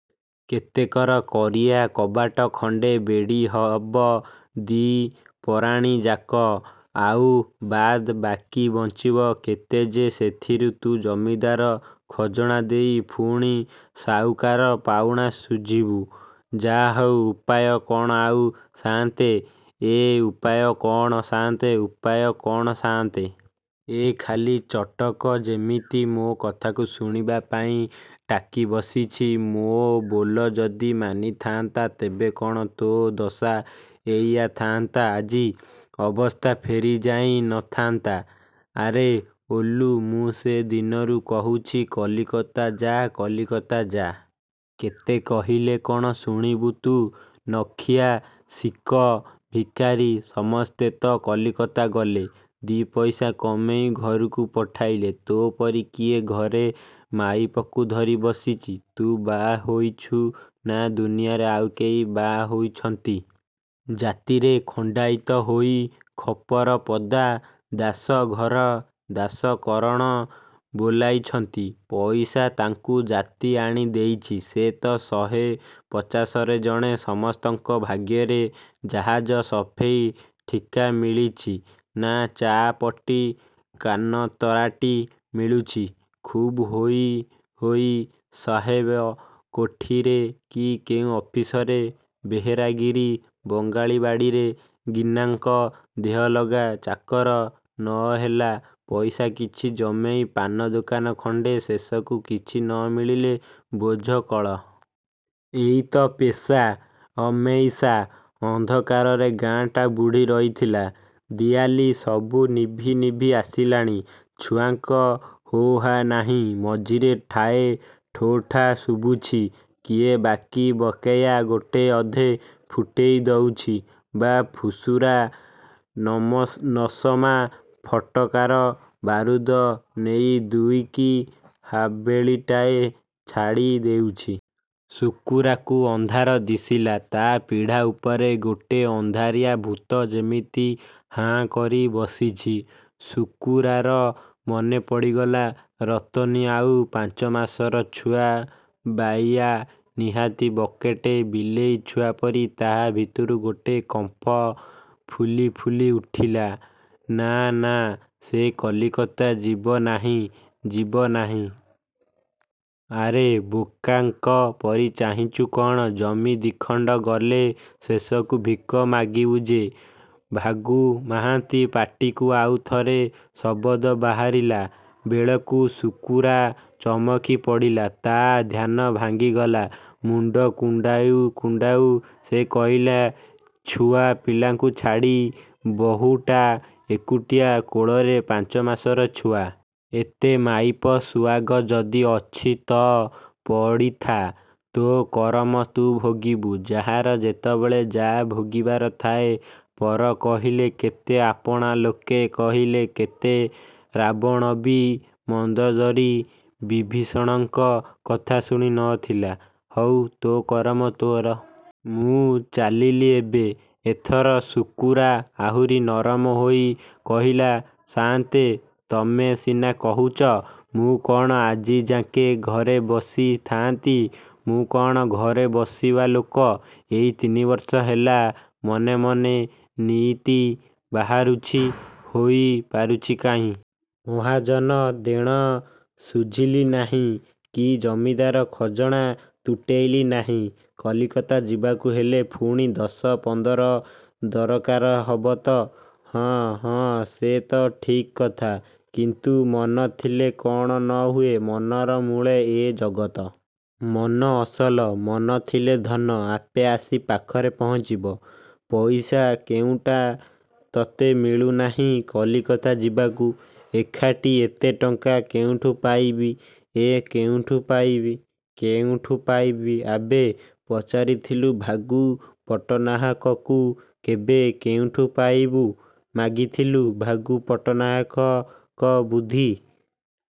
କେତକର କରିଆ କବାଟ ଖଣ୍ଡେ ବେଢ଼ି ହବ ଦି ପରାଣୀ ଯାକ। ଆଉ ବାଦ୍ ବାକି ବଞ୍ଚିବ କେତେ ଯେ ସେଥିରୁ ତୁ ଜମିଦାର ଖଜଣା ଦେଇ ପୁଣି ସାଉକାର ପାଉଣା ଶୁଝିବୁ। ଯାହାହଉ ଉପାୟ କଣ ଆଉ ସାଆନ୍ତେ! ଏଃ ଉପାଯ କ'ଣ ସାଆନ୍ତେ ଉପାୟ କଣ ସାଆନ୍ତେ! ଏ ଖାଲି ଚଟକ। ଯେମିତି ମୋ କଥାକୁ ଶୁଣିବାପାଇଁ ଟାକି ବସିଛି। ମୋ ବୋଲ ଯଦି ମାନିଥାନ୍ତେ ତେବେ କଣ ତୋ ଦଶା ଏଇଆ ଥାଆନ୍ତା ଆଜି? ଅବସ୍ଥା ଫେରିଯାଇ ନଥାନ୍ତା। ଆରେ ଓଲୁ ମୁଁ ସେ ଦିନରୁ କହୁଛି କଲିକତା ଯା କଲିକତା ଯା! କେତେ କହିଲେ କଣ ଶୁଣିବୁ ତୁ। ନଖିଆ, ଶିକ, ଭିକାରି, ସମସ୍ତେ ତ କଲିକତା ଗଲେ। ଦି ପଇସା କମେଇ ଘରୁକୁ ପଠେଇଲେ। ତୋ ପରି କିଏ ଘରେ ମାଇପକୁ ଧରି ବସିଛି। ତୁ ବାହା ହୋଇଚୁ ନା ଦୁନିଆରେ ଆଉ କେହି ବାହା ହୋଇଚନ୍ତି? ଜାତିରେ ଖଣ୍ଡାଇତ ହୋଇ ଖପରପଦା ଦାସ ଘର ଦାସ କରଣ ବୋଲାଇଛନ୍ତି। ପଇସା ତାଙ୍କୁ ଜାତି ଆଣି ଦେଇଛି। ସେ ତ ଶହେ ପଚାଶରେ ଜଣେ। ସମସ୍ତଙ୍କ ଭାଗ୍ୟରେ ଜାହାଜ ସଫେଇ ଠିକା ମିଳୁଛି, ନା ଚା' ପଟି କାନତରାଟି ମିଳୁଛି? ଖୁବ୍ ହୋଇ ହୋଇ ସାହେବ କୋଠିରେ କି କୋଉ ଅଫିସରେ ବେହେରାଗିରି, ବଙ୍ଗାଳୀ ବାଡ଼ିରେ ଗିନ୍ନାଙ୍କ ଦେହଲଗା ଚାକର, ନହେଲା ପଇସା କିଛି ଜମେଇ ପାନ ଦୋକାନ ଖଣ୍ଡେ ଶେଷକୁ କିଛି ନ ମିଳିଲେ ବୋଝ କଳ। ଏଇତ ପେଷା। ଅମେଇସା ଅନ୍ଧକାରରେ ଗାଁଟା ବୁଡ଼ି ରହିଥିଲା। ଦିଆଲି ସବୁ ନିଭି ନିଭି ଆସିଲାଣି। ଛୁଆଙ୍କ ହୋହା ନାହିଁ। ମଝିରେ ଠାଏ ଠୋଠା ଶୁଭୁଛି। କିଏ ବାକି ବକେୟା ଗୋଟେ ଅଧେ ଫୁଟେଇ ଦଉଚି ବା ଫୁସୁରା ନମ ନସମା ଫଟକାର ବାରୁଦ ନେଇ ଦୁଇ କି ହାବେଳିଟାଏ ଛାଡ଼ି ଦେଉଛି । ଶୁକୁରାକୁ ଅନ୍ଧାର ଦିଶିଲା। ତା' ପିଢ଼ା ଉପରେ ଗୋଟେ ଅନ୍ଧାରିଆ ଭୂତ ଯେମିତି ହାଁ କରି ବସିଛି। ଶୁକୁରାର ମନେ ପଡ଼ିଗଲା ରତନୀ ଆଉ ପାଞ୍ଚମାସର ଛୁଆ ବାଇୟା। ନିହାତି ବକଟେ ବିଲେଇ ଛୁଆପରି। ତା' ଭିତରୁ ଗୋଟେ କମ୍ପ ଫୁଲି ଫୁଲି ଉଠିଲା। ନା ନା ସେ କଲିକତା ଯିବନାହିଁ ଯିବନାହିଁ। ଆରେ ବୋକାଙ୍କ ପରି ଚାହିଁଚୁ କଣ? ଜମି ଦିଖଣ୍ଡ ଗଲେ ଶେଷକୁ ଭିକ ମାଗିବୁ ଯେ। ଭାଗୁ ମହାନ୍ତି ପାଟିକୁ ଆଉ ଥରେ ଶବଦ ବାହାରିଲା ବେଳକୁ ଶୁକୁରା ଚମକି ପଡ଼ିଲା। ତା ଧ୍ୟାନ ଭାଙ୍ଗିଗଲା। ମୁଣ୍ଡ କୁଣ୍ଡାଉ କୁଣ୍ଡାଉ ସେ କହିଲା ଛୁଆପିଲାଙ୍କୁ ଛାଡ଼ି ବହୂଟା ଏକୁଟିଆ କୋଳରେ ପାଞ୍ଚମାସର ଛୁଆ। '' ''ଏତେ ମାଇପ ସୁଆଗ ଯଦି ଅଛି ତ ପଡ଼ିଥା। ତୋ କରମ ତୁ ଭୋଗିବୁ। ଯାହାର ଯେତେବେଳେ ଯାହା ଭୋଗିବାର ଥାଏ, ପର କହିଲେ କେତେ, ଆପଣା ଲୋକେ କହିଲେ କେତେ। ରାବଣବି ମନ୍ଦୋଦରୀ ବିଭୀଷଣଙ୍କ କଥା ଶୁଣି ନଥିଲା। ହଉ ତୋ କରମ ତୋର। ମୁଁ ଚାଲିଲି ଏବେ। ଏଥର ଶୁକୁରା ଆହୁରି ନରମ ହୋଇ କହିଲା ସାଆନ୍ତେ ତମେ ସିନା କହୁଚ ମୁଁ କଣ ଆଜିଯାଙ୍କେ ଘରେ ବସି ଥାଆନ୍ତି। ମୁଁ କଣ ଘରେ ବସିବା ଲୋକ? ଏଇ ତିନିବର୍ଷ ହେଲା ମନେ ମନେ ନିଇତି ବାହାରୁଛି। ହୋଇ ପାରୁଛି କାହିଁ! ମହାଜନ ଦେଣ ଶୁଝିଲି ନାହିଁ କି ଜମିଦାର ଖଜଣା ତୁଟେଇଲି ନାହିଁ। କଲିକତା ଯିବାକୁ ହେଲେ ପୁଣି ଦଶ ପନ୍ଦର ଦରକାର ହବ ତ! '' ''ହଁ, ହଁ ସେ ତ ଠିକ୍ କଥା। କିନ୍ତୁ ମନ ଥିଲେ କ'ଣ ନ ହୁଏ। ମନର ମୂଳେ ଏ ଜଗତ। ମନ ଅସଲ। ମନ ଥିଲେ ଧନ ଆପେ ଆସି ପାଖରେ ପହଞ୍ଚିବ। ପଇସା କେଉଁଟା ତୋତେ ମିଳୁ ନାହିଁ କଲିକତା ଯିବାକୁ? ଏକାଠି ଏତେ ଟଙ୍କା କେଉଁଠୁ ପାଇବି? ଏଁ କେଉଁଠୁ ପାଇବି କେଉଁଠୁ ପାଇବି। ଆବେ ପଚାରିଥିଲୁ ଭାଗୁ ପଟ୍ଟନାହାକକୁ କେବେ? କେଉଁଠୁ ପାଇବୁ? ମାଗିଥିଲୁ ଭାଗୁ ପଟ୍ଟନାୟକ ବୁଦ୍ଧି!